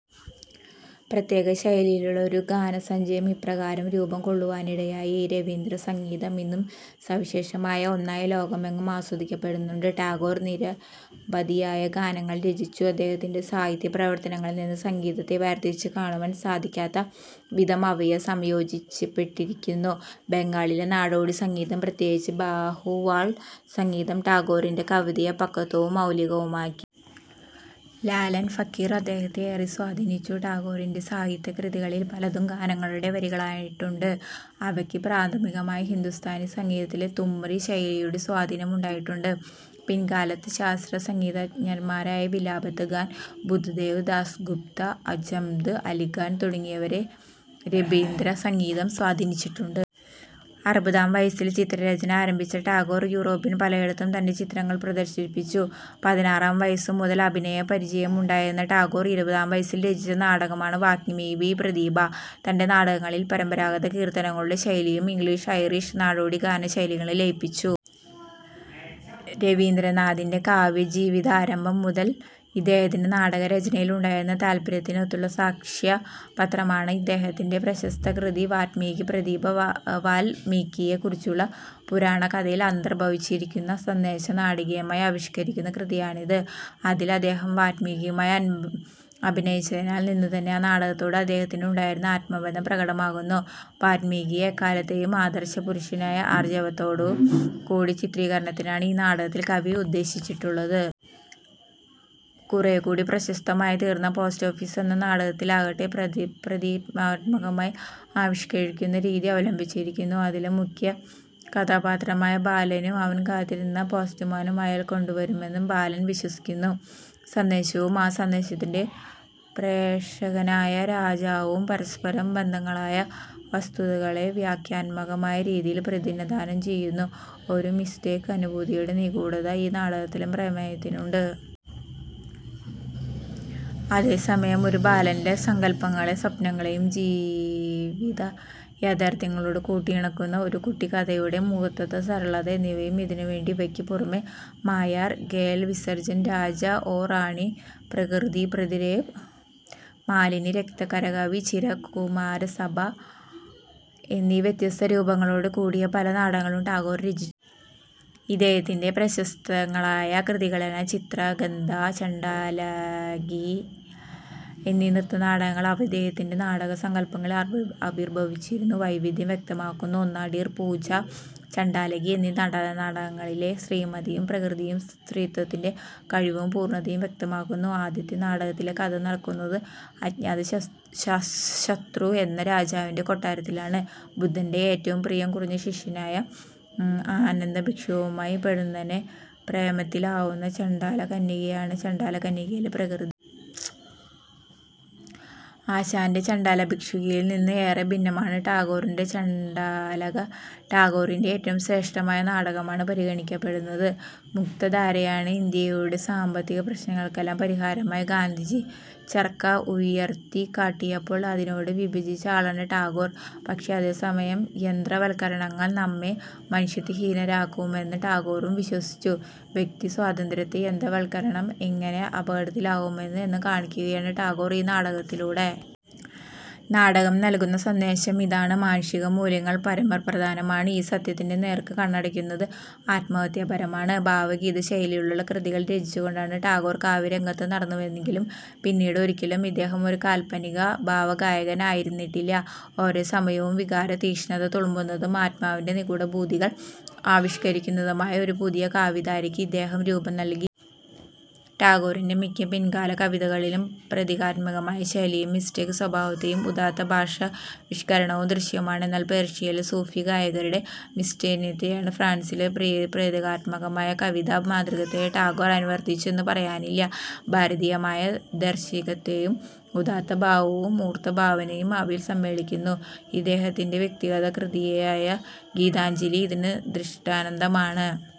പ്രത്യേക ശൈലിയിലുള്ള ഒരു ഗാനസഞ്ചയം ഇപ്രകാരം രൂപം കൊള്ളുവാനിടയായി. രബീന്ദ്ര സംഗീതം ഇന്നും സവിശേഷമായ ഒന്നായി ലോകമെങ്ങും ആസ്വദിക്കപ്പെടുന്നുണ്ട്. ടാഗോർ നിരവധിയായ ഗാനങ്ങൾ രചിച്ചു. അദ്ദേഹത്തിൻ്റെ സാഹിത്യ പ്രവർത്തനങ്ങളിൽ നിന്ന് സംഗീതത്തെ വേർതിരിച്ചു കാണുവാൻ സാധിക്കാത്ത വിധം അവയെ സംയോജിപ്പിച്ചിരിക്കുന്നു. ബംഗാളിലെ നാടോടി സംഗീതം പ്രത്യേകിച്ച് ബാവുൾ സംഗീതം ടാഗോറിൻ്റെ കവിതയെ പക്വവും മൗലികവുമാക്കി. ലാലൻ ഫക്കീർ അദ്ദേഹത്തെ ഏറെ സ്വാധീനിച്ചു. ടാഗോറിൻ്റെ സാഹിത്യ കൃതികളിൽ പലതും ഗാനങ്ങളുടെ വരികളായിട്ടുണ്ട്. അവയ്ക്ക് പ്രാഥമികമായി ഹിന്ദുസ്ഥാനി സംഗീതത്തിലെ തുമ്രി ശൈലിയുടെ സ്വാധീനം ഉണ്ടായിട്ടുണ്ട്. പിൽക്കാലത്ത് പ്രശസ്ത സംഗീതജ്ഞരായ വിലായത്ത് ഖാൻ, ബുദ്ധദേവ് ദാസ് ഗുപ്ത, അംജദ് അലി ഖാൻ തുടങ്ങിയവരെ രബീന്ദ്ര സംഗീതം സ്വാധീനിച്ചിട്ടുണ്ട്. അറുപതാം വയസ്സിൽ ചിത്രരചന ആരംഭിച്ച ടാഗോർ, യൂറോപ്പിൽ പലയിടത്തും തൻ്റെ ചിത്രങ്ങൾ പ്രദർശിപ്പിച്ചു. പതിനാറാം വയസ്സു മുതൽ അഭിനയ പരിചയമുണ്ടായിരുന്ന ടാഗോർ, ഇരുപതാം വയസ്സിൽ രചിച്ച നാടകമാണ് "വാല്മീകി പ്രതിഭ". തൻ്റെ നാടകങ്ങളിൽ പരമ്പരാഗത കീർത്തനങ്ങളുടെ ശൈലിയും ഇംഗ്ലീഷ് ഐറിഷ് നാടോടി ഗാന ശൈലികളും ലയിപ്പിച്ചു. രബീന്ദ്രനാഥിൻ്റെ കാവ്യജീവിതാരംഭം മുതൽ ഇദ്ദേഹത്തിന് നാടകരചനയിൽ ഉണ്ടായിരുന്ന താല്പര്യത്തിനുള്ള സാക്ഷ്യപത്രമാണ് ഇദ്ദേഹത്തിൻ്റെ പ്രശസ്തകൃതി വാല്മീകി പ്രതിഭ. വാല്മീകിയെക്കുറിച്ചുള്ള പുരാണകഥയിൽ അന്തർഭവിച്ചിരിക്കുന്ന സന്ദേശം നാടകീയമായി ആവിഷ്കരിക്കുന്ന കൃതിയാണത്. അതിൽ അദ്ദേഹം വാല്മീകിയായി അഭിനയിച്ചതിൽ നിന്നുതന്നെ ആ നാടകത്തോട് അദ്ദേഹത്തിന് ഉണ്ടായിരുന്ന ആത്മബന്ധം പ്രകടമാകുന്നു. വാല്മീകിയെ എക്കാലത്തെയും ആദർശപുരുഷനായി ആർജവത്തോടുകൂടി ചിത്രീകരിക്കാനാണ് ഈ നാടകത്തിൽ കവി ഉദ്യമിച്ചിട്ടുള്ളത്. കുറേക്കൂടി പ്രശസ്തമായിത്തീർന്ന പോസ്റ്റ് ഓഫീസ് എന്ന നാടകത്തിലാകട്ടെ, പ്രതീകാത്മകമായ ആവിഷ്കരണരീതി അവലംബിച്ചിരിക്കുന്നു. അതിലെ മുഖ്യകഥാപാത്രമായ ബാലനും അവൻ കാത്തിരിക്കുന്ന പോസ്റ്റുമാനും അയാൾ കൊണ്ടുവരുമെന്ന് ബാലൻ വിശ്വസിക്കുന്ന സന്ദേശവും ആ സന്ദേശത്തിൻ്റെ പ്രേഷകനായ രാജാവും പരസ്പരബദ്ധങ്ങളായ വസ്തുതകളെ വ്യംഗ്യാത്മകമായ രീതിയിൽ പ്രതിനിധാനം ചെയ്യുന്നു. ഒരു മിസ്റ്റിക് അനുഭൂതിയുടെ നിഗൂഢത ഈ നാടകത്തിലെ പ്രമേയത്തിനുണ്ട്. അതേസമയം ഒരു ബാലൻ്റെ സങ്കല്പങ്ങളെയും സ്വപ്നങ്ങളെയും ജീവിത യാഥാർഥ്യങ്ങളോട് കൂട്ടിയിണക്കുന്ന ഒരു കുട്ടിക്കഥയുടെ മൂർത്തത, സരളത എന്നിവയും ഇതിനുണ്ട്. ഇവയ്ക്ക് പുറമേ മായാർ ഖേൽ, വിസർജൻ, രാജാ ഓ റാണി, പ്രകൃതീർ പ്രതിരോധ്, മാലിനി, രക്തകരവി, ചിരകുമാരസഭാ എന്നീ വ്യത്യസ്ത രൂപഭാവങ്ങളോട് കൂടിയ പല നാടകങ്ങളും ടാഗോർ രചിച്ചു. ഇദ്ദേഹത്തിൻ്റെ പ്രശസ്തങ്ങളായ കൃതികളാണ് ചിത്രാംഗദ, ചണ്ഡാലിക എന്നീ നൃത്തനാടകങ്ങൾ. അവ ഇദ്ദേഹത്തിൻ്റെ നാടകസങ്കല്പത്തിൽ അന്തർഭവിച്ചിരുന്ന വൈവിധ്യം വ്യക്തമാക്കുന്നു. നടീർപൂജ, ചണ്ഡാലിക എന്നീ നാടകങ്ങളിലെ ശ്രീമതിയും പ്രകൃതിയും സ്ത്രീത്വത്തിൻ്റെ കഴിവും പൂർണതയും വ്യക്തമാക്കുന്നു. ആദ്യത്തെ നാടകത്തിലെ കഥ നടക്കുന്നത് അജാതശത്രു എന്ന രാജാവിൻ്റെ കൊട്ടാരത്തിലാണ്. ബുദ്ധൻ്റെ ഏറ്റവും പ്രിയം കുറഞ്ഞ ശിഷ്യനായ ആനന്ദഭിക്ഷുവുമായി പൊടുന്നനെ പ്രേമത്തിലാവുന്ന ചണ്ഡാലകന്യകയാണ് ചണ്ഡാലികയിലെ പ്രകൃതി. ആശാൻ്റെ ചണ്ഡാലഭിക്ഷുകിയിൽ നിന്ന് ഏറെ ഭിന്നമാണ് ടാഗോറിൻ്റെ ചണ്ഡാലിക. ടാഗോറിൻ്റെ ഏറ്റവും ശ്രേഷ്ഠമായ നാടകമായി പരിഗണിക്കപ്പെടുന്നത് മുക്തധാരയാണ്. ഇന്ത്യയുടെ സാമ്പത്തിക പ്രശ്നങ്ങൾക്കെല്ലാം പരിഹാരമായി ഗാന്ധിജി ചർക്ക ഉയർത്തിക്കാട്ടിയപ്പോൾ അതിനോട് വിയോജിച്ച ആളാണ് ടാഗോർ. പക്ഷേ, അതേസമയം, യന്ത്രവത്കരണങ്ങൾ നമ്മെ മനുഷ്യത്വഹീനരാക്കുമെന്ന് ടാഗോറും വിശ്വസിച്ചു. വ്യക്തിസ്വാതന്ത്ര്യത്തെ യന്ത്രവത്കരണം എങ്ങനെ അപകടത്തിലാക്കുന്നു എന്ന് കാണിക്കുകയാണ് ടാഗോർ ഈ നാടകത്തിലൂടെ. നാടകം നൽകുന്ന സന്ദേശം ഇതാണ്, മാനുഷികമൂല്യങ്ങൾ പരമപ്രധാനമാണ്, ഈ സത്യത്തിൻ്റെ നേർക്ക് കണ്ണടയ്ക്കുന്നത് ആത്മഹത്യാപരമാണ്. ഭാവഗീത ശൈലിയിലുള്ള കൃതികൾ രചിച്ചു കൊണ്ടാണ് ടാഗോർ കാവ്യരംഗത്ത് കടന്നുവന്നതെങ്കിലും പിന്നീട് ഒരിക്കലും ഇദ്ദേഹം ഒരു കാൽപ്പനിക ഭാവഗായകൻ ആയിരുന്നിട്ടില്ല. ഒരേസമയം വികാരതീക്ഷ്ണത തുളുമ്പുന്നതും ആത്മാവിൻ്റെ നിഗൂഢാനുഭൂതികൾ ആവിഷ്കരിക്കുന്നതുമായ ഒരു പുതിയ കാവ്യധാരയ്ക്ക് ഇദ്ദേഹം രൂപം നൽകി. ടാഗോറിൻ്റെ മിക്ക പിൽക്കാല കവിതകളിലും പ്രതീകാത്മക ശൈലിയും മിസ്റ്റിക് സ്വഭാവവും ഉദാത്ത ഭാവാവിഷ്കരണവും ദൃശ്യമാണ്. എന്നാൽ പേർഷ്യയിലെ സൂഫിഗായകരുടെ മിസ്റ്റിസിസത്തെയോ ഫ്രാൻസിലെ പ്രതീകാത്മക കവിതാമാതൃകയെയോ ടാഗോർ അനുവർത്തിച്ചു എന്ന് പറയാനാവില്ല. ഭാരതീയമായ ദാർശനികതയും ഉദാത്ത ഭാവവും മൂർത്തഭാവനയും അവയിൽ സമ്മേളിക്കുന്നു. ഇദ്ദേഹത്തിൻ്റെ വിഖ്യാത കൃതിയായ ഗീതാഞ്ജലി ഇതിന് ദൃഷ്ടാന്തമാണ്.